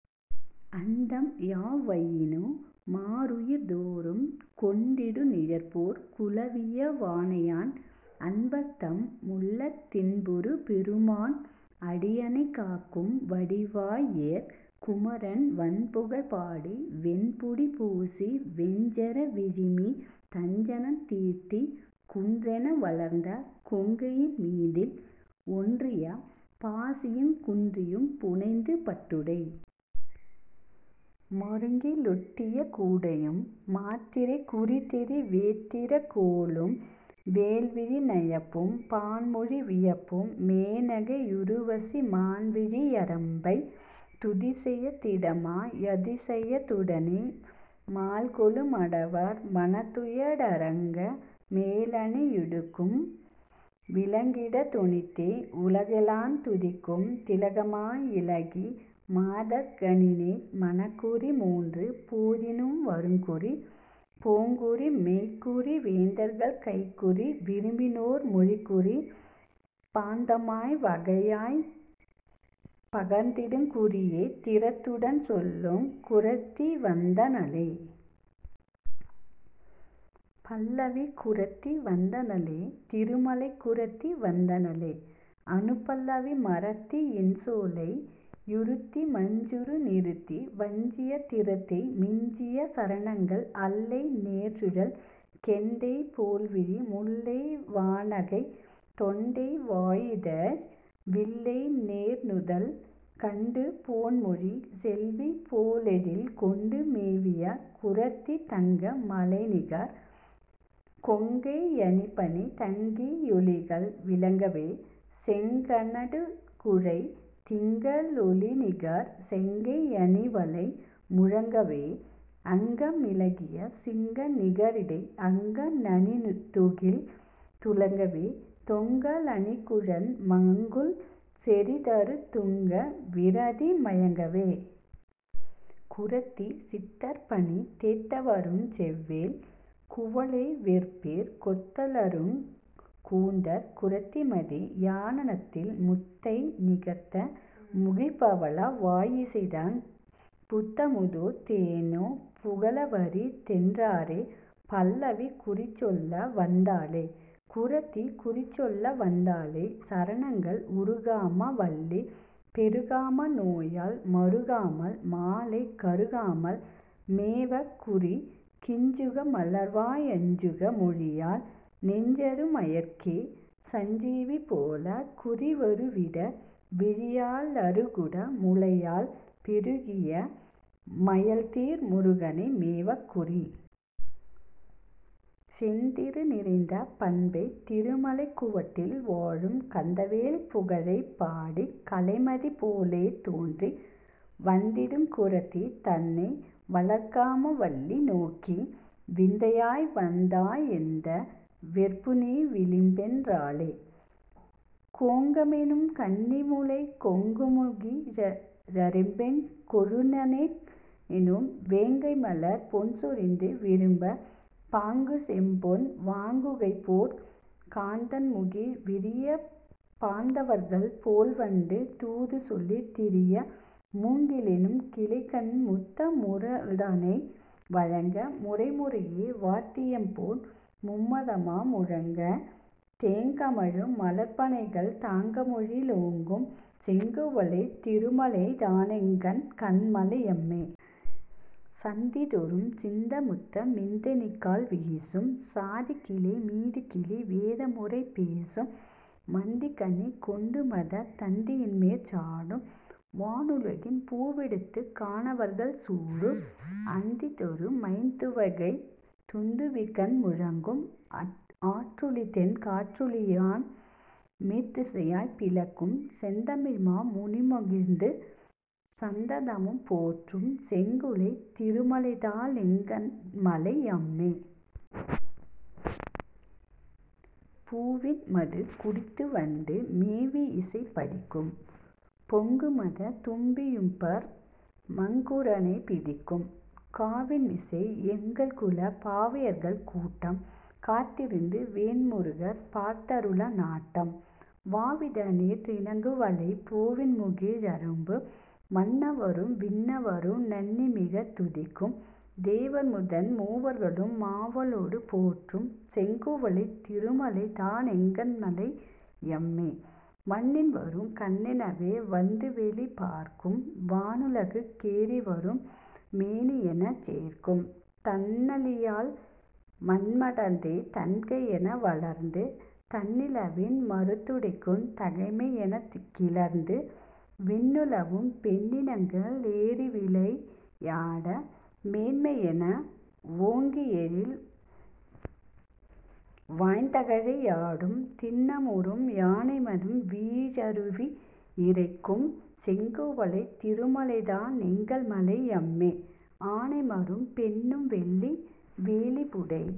அண்டம்யா வையினு மாருயிர் தோறும் கொண்டிடு நிழற்போற் குலவிய வாணையான் அன்பர்தம் முள்ளத் தின்புறு பெருமான் அடியனைக் காக்கும் வடிவயிற் குமரன் வண்புகழ் பாடி வெண்பொடி பூசி வெஞ்சர விழிமீ தஞ்சனந் தீட்டிக் குன்றென வளர்ந்த கொங்கையின் மீதில் ஒன்றிய பாசியுங் குன்றியும் புனைந்து பட்டுடை மருங்கி லொட்டிய கூடையும் மாத்திரைக் குறிதெரி வேத்திரக் கோலும் வேல்விழி நயப்பும் பான்மொழி வியப்பும் மேனகை யுருவசி மான்விழி யரம்பை துதிசெயத் திடமா யதிசயத் துடனே மால்கொளு மடவார் மனத்துய ரடங்க மேலணி யுடுக்கும் விளங்கிடத் தொனித்தே உலகெலாந் துதிக்குந் திலகமா யிலகி மாதர்க ணினைத்த மனக்குறி மூன்று போதினும் வருங்குறி போங்குறி மெய்க்குறி வேந்தர்கள் கைக்குறி விரும்பினோர் மொழிக்குறி பாந்தமாய் வகையாய்ப் பகர்ந்திடுங் குறியே திறத்துடன் சொல்லுங் குறத்திவந் தனளே..... பல்லவி குறத்தி வந்தனளே திருமலைக் குறத்தி வந்தனளே அநுபல்லவி மறத்தி யின்சொலை யுறுத்தி மஞ்சுறு நிறத்தி வஞ்சியர் திறத்தை மிஞ்சிய சரணங்கள் அல்லை நேர்குழல் கெண்டை போல்விழி முல்லை வாணகை தொண்டை வாயிதழ் வில்லை நேர்நுதல் கண்டு போன்மொழி செல்வி போலெழில் கொண்டு மேவிய குறத்தி தங்க மலைநிகர் கொங்கை யணிபணி தங்கி யொளிகள் விளங்கவே செங்க ணடுகுழை திங்க ளொளிநிகர் செங்கை யணிவளை முழங்கவே அங்க மிலகிய சிங்க நிகரிடை அங்க ணணிதுகில் துலங்கவே தொங்க லணிகுழன் மங்குல் செறிதரு துங்க விரதி மயங்கவே. குறத்தி.... சித்தர்பணிந் தேத்தவருஞ் செவ்வேள் குவளைவெற்பிற் கொத்தலருங் கூந்தற் குறத்திமதி யானனத்தில் முத்தை நிகர்த்த முகிழ்ப்பவள வாயிசைதான் புத்தமுதோ தேனோ புகலவரி தென்றாரே..... பல்லவி குறிசொல்ல வந்தாளே குறத்தி குறிசொல்ல வந்தாளே சரணங்கள் உறுகாம வல்லி பெறுகாம நோயால் மறுகாமல் மாலை கருகாமல் மேவக் குறி கிஞ்சுக மலர்வா யஞ்சுக மொழியாள் நெஞ்சறு மயற்கே சஞ்சீவி போலக் குறி வருவிட விழியா ளிருகுட முலையாள் பெருகிய மயல்தீர் முருகனை மேவக் குறி.... செந்திரு நிறைந்த பண்பைத் திருமலைக் குவட்டில் வாழும் கந்தவேள் புகழைப் பாடிக் கலைமதி போலே தோன்றி வந்திடுங் குறத்தி தன்னை வளர்காம வல்லி நோக்கி விந்தையாய் வந்தா யெந்த வெற்புநீ விளம்பென் றாளே..... கோங்கமெனுங் கன்னிமுலைக்கொங்குமுகி ழரும்பக் கொழுநனெனும் வேங்கைமலர்ப் பொன்சொரிந்து விரும்பப் பாங்குசெம்பொன் வாங்குகைபோற் காந்தண்முகிழ் விரியப் பாந்தவர்கள் போல்வண்டு தூதுசொல்லித் திரிய மூங்கிலெனுங் கிளைகண்முத்த மூரல்தனை வழங்க முறைமுறையே வாத்தியம்போன் மும்மதமா முழங்கத் தேங்கமழு மலர்ப்பணைகள் தாங்குபொழி லோங்கும் செங்குவளைத் திருமலைதா னெங்கண்மலை யம்மே. சந்திதொறுஞ் சிந்தமுத்த மீந்தெனக்கால் வீசும் சாதிகிளை மீதுகிளி வேதமுறை பேசும் மந்திகனி கொண்டுமத தந்தியின்மேற் சாடும் வானுலகின் பூவெடுத்துக் கானவர்கள் சூடும் அந்திதொறு மைந் துவகைத் துந்துபிகண் முழக்கும் ஆற்றொலிதென் காற்றொலிவான் மேற்றிசையைப் பிளக்கும் செந்தமிழ்மா முனிமகிழ்ந்து சந்ததமும் போற்றும் செங்குளைத் திருமலைதா ளெங்கண்மலை யம்மே. பூவின்மதுக் குடித்துவண்டு மேவியிசை படிக்கும் பொங்குமத தும்பியும்பர் மங்குறனைப் பிடிக்கும் காவின்மிசை யெங்கள்குலப் பாவையர்கள் கூட்டம் காத்திருந்து வேன்முருகர் பார்த்தருளு நாட்டம் வாவிதனிற் றினங்குவளைப் பூவின்முகி ழரும்பும் மண்ணவரும் விண்ணவரு நண்ணிமிகத் துதிக்கும் தேவர்முதன் மூவர்களு மாவலொடு போற்றும் செங்குவளைத் திருமலைதா னெங்கண்மலை யம்மே. மண்ணின்வரு கண்ணெனவே வந்துவௌி பார்க்கும் வானுலகுக் கேறிவரு மேணியெனச் சேர்க்கும் தண்ணளியால் மண்மடந்தை தன்கையென வளர்ந்து தண்ணிலவின் மறுத்துடைக்குந் தகைமையெனக் கிளர்ந்து விண்ணுலவும் பெண்ணினங்க ளேறிவிளையாட மேன்மையென வோங்கியெழில் வாய்ந்தகழை யாடும் திண்ணமுறும் யானைமதம் வீழருவி யிறைக்கும் செங்குவளைத் திருமலைதா னெங்கள்மலை யம்மே. ஆனைமருப் பென்னும்வெள்ளி வேலிபுடை